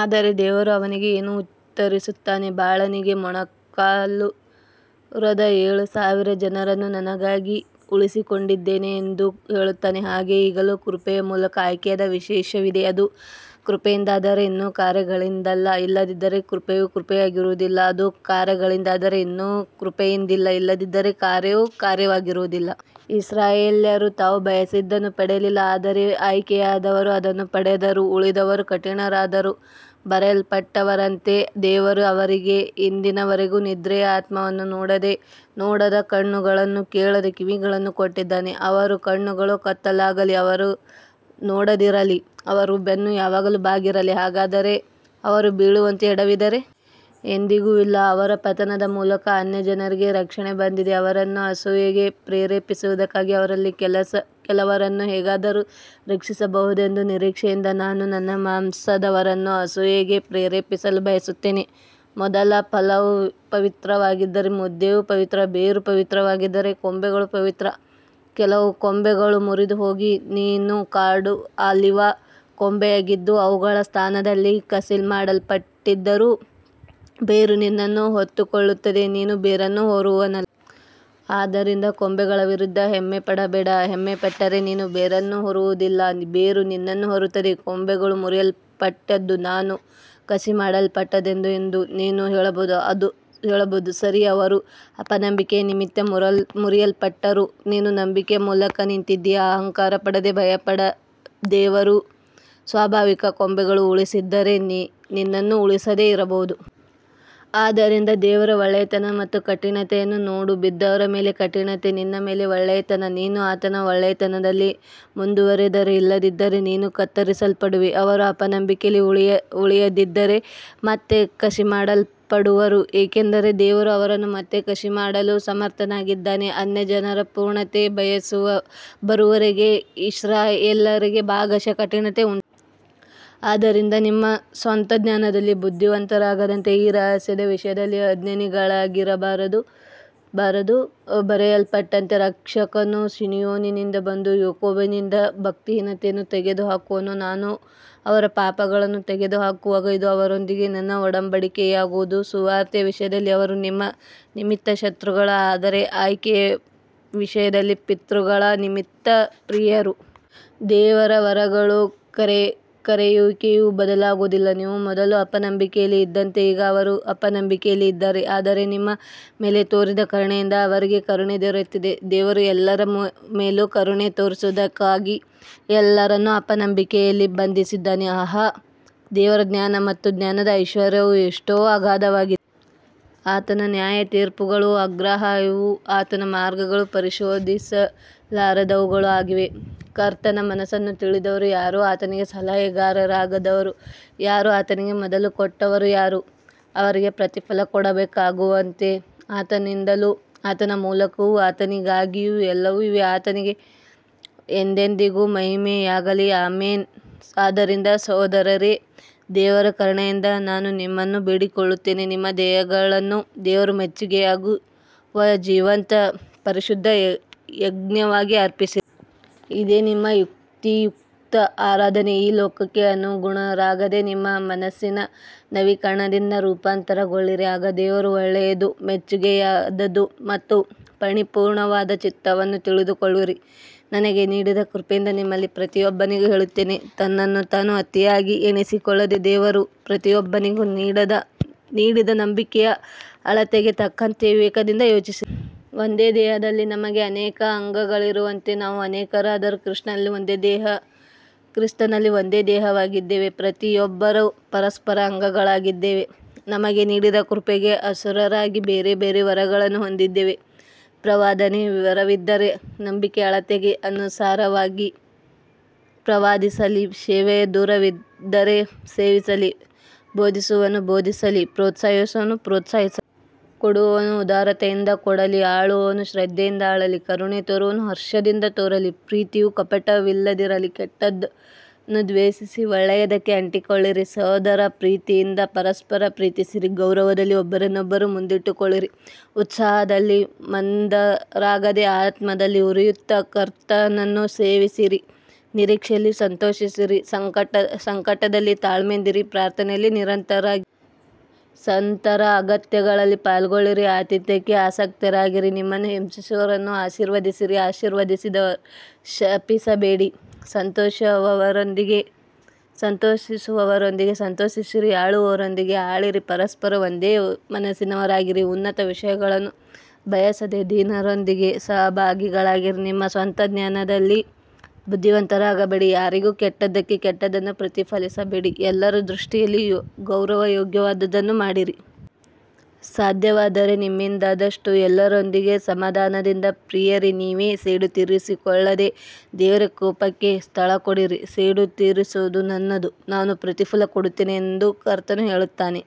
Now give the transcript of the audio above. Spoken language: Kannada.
ಆದರೆ ದೇವರು ಅವನಿಗೆ ಏನು ಉತ್ತರಿಸುತ್ತಾನೆ. ಬಾಳನಿಗೆ ಮೊಣಕಾಲೂರದ ಏಳು ಸಾವಿರ ಜನರನ್ನು ನನಗಾಗಿ ಉಳಿಸಿಕೊಂಡಿದ್ದೇನೆ ಎಂದು ಹೇಳುತ್ತಾನೆ. ಹಾಗೆಯೇ ಈಗಲೂ ಕೃಪೆಯ ಮೂಲಕ ಆಯ್ಕೆಯಾದ ಶೇಷವಿದೆ. ಅದು ಕೃಪೆಯಿಂದಾದರೆ ಇನ್ನು ಕಾರ್ಯಗಳಿಂದಲ್ಲ, ಇಲ್ಲದಿದ್ದರೆ ಕೃಪೆಯು ಕೃಪೆಯಾಗಿರುವುದಿಲ್ಲ. ಅದು ಕಾರ್ಯಗಳಿಂದಾದರೆ ಇನ್ನು ಕೃಪೆಯಿಂದಲ್ಲ, ಇಲ್ಲದಿದ್ದರೆ ಕಾರ್ಯವು ಕಾರ್ಯವಾಗಿರುವುದಿಲ್ಲ. ಇಸ್ರಾಯೇಲ್ಯರು ತಾವು ಬಯಸಿದ್ದನ್ನು ಪಡೆಯಲಿಲ್ಲ, ಆದರೆ ಆಯ್ಕೆಯಾದವರು ಅದನ್ನು ಪಡೆದರು, ಉಳಿದವರು ಕಠಿಣರಾದರು. ಬರೆಯಲ್ಪಟ್ಟಿರುವಂತೆ, ದೇವರು ಅವರಿಗೆ ಇಂದಿನವರೆಗೂ ನಿದ್ರೆಯ ಆತ್ಮವನ್ನೂ ನೋಡದ ಕಣ್ಣುಗಳನ್ನೂ ಕೇಳದ ಕಿವಿಗಳನ್ನೂ ಕೊಟ್ಟಿದ್ದಾನೆ. ಅವರ ಕಣ್ಣುಗಳು ಕತ್ತಲಾಗಲಿ, ಅವರು ನೋಡದಿರಲಿ, ಅವರ ಬೆನ್ನು ಯಾವಾಗಲೂ ಬಾಗಿರಲಿ. ಹಾಗಾದರೆ ಅವರು ಬೀಳುವಂತೆ ಎಡವಿದರೇ. ಎಂದಿಗೂ ಇಲ್ಲ. ಅವರ ಪತನದ ಮೂಲಕ ಅನ್ಯಜನರಿಗೆ ರಕ್ಷಣೆ ಬಂದಿದೆ, ಅವರನ್ನು ಅಸೂಯೆಗೆ ಪ್ರೇರೇಪಿಸುವುದಕ್ಕಾಗಿ. ಅವರಲ್ಲಿ ಕೆಲವರನ್ನು ಹೇಗಾದರೂ ರಕ್ಷಿಸಬಹುದೆಂಬ ನಿರೀಕ್ಷೆಯಿಂದ ನಾನು ನನ್ನ ಮಾಂಸದವರನ್ನು ಅಸೂಯೆಗೆ ಪ್ರೇರೇಪಿಸಲು ಬಯಸುತ್ತೇನೆ. ಮೊದಲ ಫಲವು ಪವಿತ್ರವಾಗಿದ್ದರೆ ಮುದ್ದೆಯೂ ಪವಿತ್ರ, ಬೇರು ಪವಿತ್ರವಾಗಿದ್ದರೆ ಕೊಂಬೆಗಳೂ ಪವಿತ್ರ. ಕೆಲವು ಕೊಂಬೆಗಳು ಮುರಿದುಹೋಗಿ, ನೀನು ಕಾಡು ಆಲಿವ್ ಕೊಂಬೆಯಾಗಿದ್ದು ಅವುಗಳ ಸ್ಥಾನದಲ್ಲಿ ಕಸಿಮಾಡಲ್ಪಟ್ಟಿದ್ದರೂ, ಬೇರು ನಿನ್ನನ್ನು ಹೊತ್ತುಕೊಳ್ಳುತ್ತದೆ, ನೀನು ಬೇರನ್ನು ಹೊರುವವನಲ್ಲ. ಆದ್ದರಿಂದ ಕೊಂಬೆಗಳ ವಿರುದ್ಧ ಹೆಮ್ಮೆಪಡಬೇಡ. ಹೆಮ್ಮೆಪಟ್ಟರೆ, ನೀನು ಬೇರನ್ನು ಹೊರುವುದಿಲ್ಲ, ಬೇರು ನಿನ್ನನ್ನು ಹೊರುತ್ತದೆ. ಕೊಂಬೆಗಳು ಮುರಿಯಲ್ಪಟ್ಟದ್ದು ನಾನು ಕಸಿಮಾಡಲ್ಪಡಲೆಂದು ಎಂದು ನೀನು ಹೇಳಬಹುದು. ಸರಿ, ಅವರು ಅಪನಂಬಿಕೆಯ ನಿಮಿತ್ತ ಮುರಿಯಲ್ಪಟ್ಟರು, ನೀನು ನಂಬಿಕೆಯ ಮೂಲಕ ನಿಂತಿದ್ದೀಯ. ಅಹಂಕಾರಪಡದೆ ಭಯಪಡ. ದೇವರು ಸ್ವಾಭಾವಿಕ ಕೊಂಬೆಗಳನ್ನು ಉಳಿಸದಿದ್ದರೆ ನಿನ್ನನ್ನೂ ಉಳಿಸದೆ ಇರಬಹುದು. ಆದ್ದರಿಂದ ದೇವರ ಒಳ್ಳೆಯತನ ಮತ್ತು ಕಠಿಣತೆಯನ್ನು ನೋಡು. ಬಿದ್ದವರ ಮೇಲೆ ಕಠಿಣತೆ, ನಿನ್ನ ಮೇಲೆ ಒಳ್ಳೆಯತನ, ನೀನು ಆತನ ಒಳ್ಳೆಯತನದಲ್ಲಿ ಮುಂದುವರಿದರೆ. ಇಲ್ಲದಿದ್ದರೆ ನೀನೂ ಕತ್ತರಿಸಲ್ಪಡುವೆ. ಅವರು ಅಪನಂಬಿಕೆಯಲ್ಲಿ ಉಳಿಯದಿದ್ದರೆ ಮತ್ತೆ ಕಸಿಮಾಡಲ್ಪಡುವರು, ಏಕೆಂದರೆ ದೇವರು ಅವರನ್ನು ಮತ್ತೆ ಕಸಿಮಾಡಲು ಸಮರ್ಥನಾಗಿದ್ದಾನೆ. ಅನ್ಯಜನರ ಪೂರ್ಣತೆ ಬರುವವರೆಗೆ ಇಸ್ರಾಯೇಲ್ಯರಿಗೆ ಭಾಗಶಃ ಕಠಿಣತೆ ಉಂಟಾಗಿದೆ. ಆದ್ದರಿಂದ ನಿಮ್ಮ ಸ್ವಂತ ಜ್ಞಾನದಲ್ಲಿ ಬುದ್ಧಿವಂತರಾಗದಂತೆ ಈ ರಹಸ್ಯದ ವಿಷಯದಲ್ಲಿ ಅಜ್ಞಾನಿಗಳಾಗಿರಬಾರದು. ಬರೆಯಲ್ಪಟ್ಟಂತೆ, ರಕ್ಷಕನು ಸೀಯೋನಿನಿಂದ ಬಂದು ಯಾಕೋಬಿನಿಂದ ಭಕ್ತಿಹೀನತೆಯನ್ನು ತೆಗೆದುಹಾಕುವನು. ನಾನು ಅವರ ಪಾಪಗಳನ್ನು ತೆಗೆದುಹಾಕುವಾಗ ಇದು ಅವರೊಂದಿಗೆ ನನ್ನ ಒಡಂಬಡಿಕೆಯಾಗುವುದು. ಸುವಾರ್ತೆಯ ವಿಷಯದಲ್ಲಿ ಅವರು ನಿಮ್ಮ ನಿಮಿತ್ತ ಶತ್ರುಗಳು, ಆದರೆ ಆಯ್ಕೆಯ ವಿಷಯದಲ್ಲಿ ಪಿತೃಗಳ ನಿಮಿತ್ತ ಪ್ರಿಯರು. ದೇವರ ವರಗಳೂ ಕರೆಯುವಿಕೆಯೂ ಬದಲಾಗುವುದಿಲ್ಲ. ನೀವು ಮೊದಲು ಅಪನಂಬಿಕೆಯಲ್ಲಿ ಇದ್ದಂತೆ ಈಗ ಅವರೂ ಅಪನಂಬಿಕೆಯಲ್ಲಿ ಇದ್ದಾರೆ, ಆದರೆ ನಿಮ್ಮ ಮೇಲೆ ತೋರಿದ ಕರುಣೆಯಿಂದ ಅವರಿಗೆ ಕರುಣೆ ದೊರೆಯುತ್ತದೆ. ದೇವರು ಎಲ್ಲರ ಮೇಲೂ ಕರುಣೆ ತೋರಿಸುವುದಕ್ಕಾಗಿ ಎಲ್ಲರನ್ನೂ ಅಪನಂಬಿಕೆಯಲ್ಲಿ ಬಂಧಿಸಿದ್ದಾನೆ. ಆಹಾ, ದೇವರ ಜ್ಞಾನ ಮತ್ತು ಜ್ಞಾನದ ಐಶ್ವರ್ಯವು ಎಷ್ಟೋ ಅಗಾಧವಾಗಿದೆ. ಆತನ ನ್ಯಾಯತೀರ್ಪುಗಳು ಅಗ್ರಾಹ್ಯವೂ ಆತನ ಮಾರ್ಗಗಳು ಪರಿಶೋಧಿಸಲಾರದವುಗಳೂ ಆಗಿವೆ. ಕರ್ತನ ಮನಸ್ಸನ್ನು ತಿಳಿದವರು ಯಾರು, ಆತನಿಗೆ ಸಲಹೆಗಾರರಾದವರು ಯಾರು. ಆತನಿಗೆ ಮೊದಲು ಕೊಟ್ಟವರು ಯಾರು, ಅವರಿಗೆ ಪ್ರತಿಫಲ ಕೊಡಬೇಕಾಗುವಂತೆ. ಆತನಿಂದಲೂ, ಆತನ ಮೂಲಕವೂ, ಆತನಿಗಾಗಿಯೂ ಎಲ್ಲವೂ ಇವೆ. ಆತನಿಗೆ ಎಂದೆಂದಿಗೂ ಮಹಿಮೆಯಾಗಲಿ. ಆಮೆನ್. ಆದ್ದರಿಂದ ಸಹೋದರರೇ, ದೇವರ ಕರುಣೆಯಿಂದ ನಾನು ನಿಮ್ಮನ್ನು ಬೇಡಿಕೊಳ್ಳುತ್ತೇನೆ, ನಿಮ್ಮ ದೇಹಗಳನ್ನು ದೇವರಿಗೆ ಮೆಚ್ಚುಗೆಯಾಗುವ ಜೀವಂತ, ಪರಿಶುದ್ಧ ಯಜ್ಞವಾಗಿ ಅರ್ಪಿಸಿರಿ. ಇದೇ ನಿಮ್ಮ ಯುಕ್ತಿಯುಕ್ತ ಆರಾಧನೆ. ಈ ಲೋಕಕ್ಕೆ ಅನುಗುಣರಾಗದೆ, ನಿಮ್ಮ ಮನಸ್ಸಿನ ನವೀಕರಣದಿಂದ ರೂಪಾಂತರಗೊಳ್ಳಿರಿ, ಆಗ ದೇವರ ಒಳ್ಳೆಯದು, ಮೆಚ್ಚುಗೆಯಾದದು ಮತ್ತು ಪರಿಪೂರ್ಣವಾದ ಚಿತ್ತವನ್ನು ತಿಳಿದುಕೊಳ್ಳುವಿರಿ. ನನಗೆ ನೀಡಿದ ಕೃಪೆಯಿಂದ ನಿಮ್ಮಲ್ಲಿ ಪ್ರತಿಯೊಬ್ಬನಿಗೂ ಹೇಳುತ್ತೇನೆ, ತನ್ನನ್ನು ತಾನು ಅತಿಯಾಗಿ ಎಣಿಸಿಕೊಳ್ಳದೆ, ದೇವರು ಪ್ರತಿಯೊಬ್ಬನಿಗೂ ನೀಡಿದ ನಂಬಿಕೆಯ ಅಳತೆಗೆ ತಕ್ಕಂತೆ ವಿವೇಕದಿಂದ ಯೋಚಿಸಿರಿ. ಒಂದೇ ದೇಹದಲ್ಲಿ ನಮಗೆ ಅನೇಕ ಅಂಗಗಳಿರುವಂತೆ, ನಾವು ಅನೇಕರಾದರೂ ಕ್ರಿಸ್ತನಲ್ಲಿ ಒಂದೇ ದೇಹವಾಗಿದ್ದೇವೆ, ಪ್ರತಿಯೊಬ್ಬರೂ ಪರಸ್ಪರ ಅಂಗಗಳಾಗಿದ್ದೇವೆ. ನಮಗೆ ನೀಡಿದ ಕೃಪೆಗೆ ಅನುಸಾರವಾಗಿ ಬೇರೆ ಬೇರೆ ವರಗಳನ್ನು ಹೊಂದಿದ್ದೇವೆ. ಪ್ರವಾದನೆಯ ವರವಿದ್ದರೆ ನಂಬಿಕೆಯ ಅಳತೆಗೆ ಅನುಸಾರವಾಗಿ ಪ್ರವಾದಿಸಲಿ. ಸೇವೆಯ ವರವಿದ್ದರೆ ಸೇವಿಸಲಿ. ಬೋಧಿಸುವವನು ಬೋಧಿಸಲಿ. ಪ್ರೋತ್ಸಾಹಿಸುವವನು ಪ್ರೋತ್ಸಾಹಿಸಲಿ. ಕೊಡುವವನು ಉದಾರತೆಯಿಂದ ಕೊಡಲಿ. ಆಳುವವನು ಶ್ರದ್ಧೆಯಿಂದ ಆಳಲಿ. ಕರುಣೆ ತೋರುವವನು ಹರ್ಷದಿಂದ ತೋರಿಸಲಿ. ಪ್ರೀತಿಯು ಕಪಟವಿಲ್ಲದಿರಲಿ. ಕೆಟ್ಟದ್ದನ್ನು ದ್ವೇಷಿಸಿ, ಒಳ್ಳೆಯದಕ್ಕೆ ಅಂಟಿಕೊಳ್ಳಿರಿ. ಸಹೋದರ ಪ್ರೀತಿಯಿಂದ ಪರಸ್ಪರ ಪ್ರೀತಿಸಿರಿ. ಗೌರವದಲ್ಲಿ ಒಬ್ಬರನ್ನೊಬ್ಬರು ಮುಂದಿಟ್ಟುಕೊಳ್ಳಿರಿ. ಉತ್ಸಾಹದಲ್ಲಿ ಮಂದರಾಗದೆ, ಆತ್ಮದಲ್ಲಿ ಉರಿಯುತ್ತಾ, ಕರ್ತನನ್ನು ಸೇವಿಸಿರಿ. ನಿರೀಕ್ಷೆಯಲ್ಲಿ ಸಂತೋಷಿಸಿರಿ, ಸಂಕಟದಲ್ಲಿ ತಾಳ್ಮೆಯಿಂದಿರಿ, ಪ್ರಾರ್ಥನೆಯಲ್ಲಿ ನಿರಂತರವಾಗಿರಿ. ಸಂತರ ಅಗತ್ಯಗಳಲ್ಲಿ ಪಾಲ್ಗೊಳ್ಳಿರಿ, ಆತಿಥ್ಯಕ್ಕೆ ಆಸಕ್ತರಾಗಿರಿ. ನಿಮ್ಮನ್ನು ಹಿಂಸಿಸುವವರನ್ನು ಆಶೀರ್ವದಿಸಿರಿ, ಆಶೀರ್ವದಿಸಿರಿ, ಶಪಿಸಬೇಡಿ. ಸಂತೋಷಿಸುವವರೊಂದಿಗೆ ಸಂತೋಷಿಸಿರಿ, ಅಳುವವರೊಂದಿಗೆ ಅಳಿರಿ. ಪರಸ್ಪರ ಒಂದೇ ಮನಸ್ಸಿನವರಾಗಿರಿ. ಉನ್ನತ ವಿಷಯಗಳನ್ನು ಬಯಸದೆ, ದೀನರೊಂದಿಗೆ ಸಹಭಾಗಿಗಳಾಗಿರಿ. ನಿಮ್ಮ ಸ್ವಂತ ಜ್ಞಾನದಲ್ಲಿ ಬುದ್ಧಿವಂತರಾಗಬೇಡಿ. ಯಾರಿಗೂ ಕೆಟ್ಟದ್ದಕ್ಕೆ ಕೆಟ್ಟದ್ದನ್ನು ಪ್ರತಿಫಲಿಸಬೇಡಿ. ಎಲ್ಲರ ದೃಷ್ಟಿಯಲ್ಲಿ ಗೌರವಯೋಗ್ಯವಾದದ್ದನ್ನು ಮಾಡಿರಿ. ಸಾಧ್ಯವಾದರೆ ನಿಮ್ಮಿಂದಾದಷ್ಟು ಎಲ್ಲರೊಂದಿಗೆ ಸಮಾಧಾನದಿಂದಿರಿ. ಪ್ರಿಯರೇ, ನೀವೇ ಸೇಡು ತೀರಿಸಿಕೊಳ್ಳದೆ, ದೇವರ ಕೋಪಕ್ಕೆ ಸ್ಥಳಕೊಡಿರಿ. ಸೇಡು ತೀರಿಸುವುದು ನನ್ನದು, ನಾನು ಪ್ರತಿಫಲ ಕೊಡುತ್ತೇನೆ ಎಂದು ಕರ್ತನು ಹೇಳುತ್ತಾನೆ.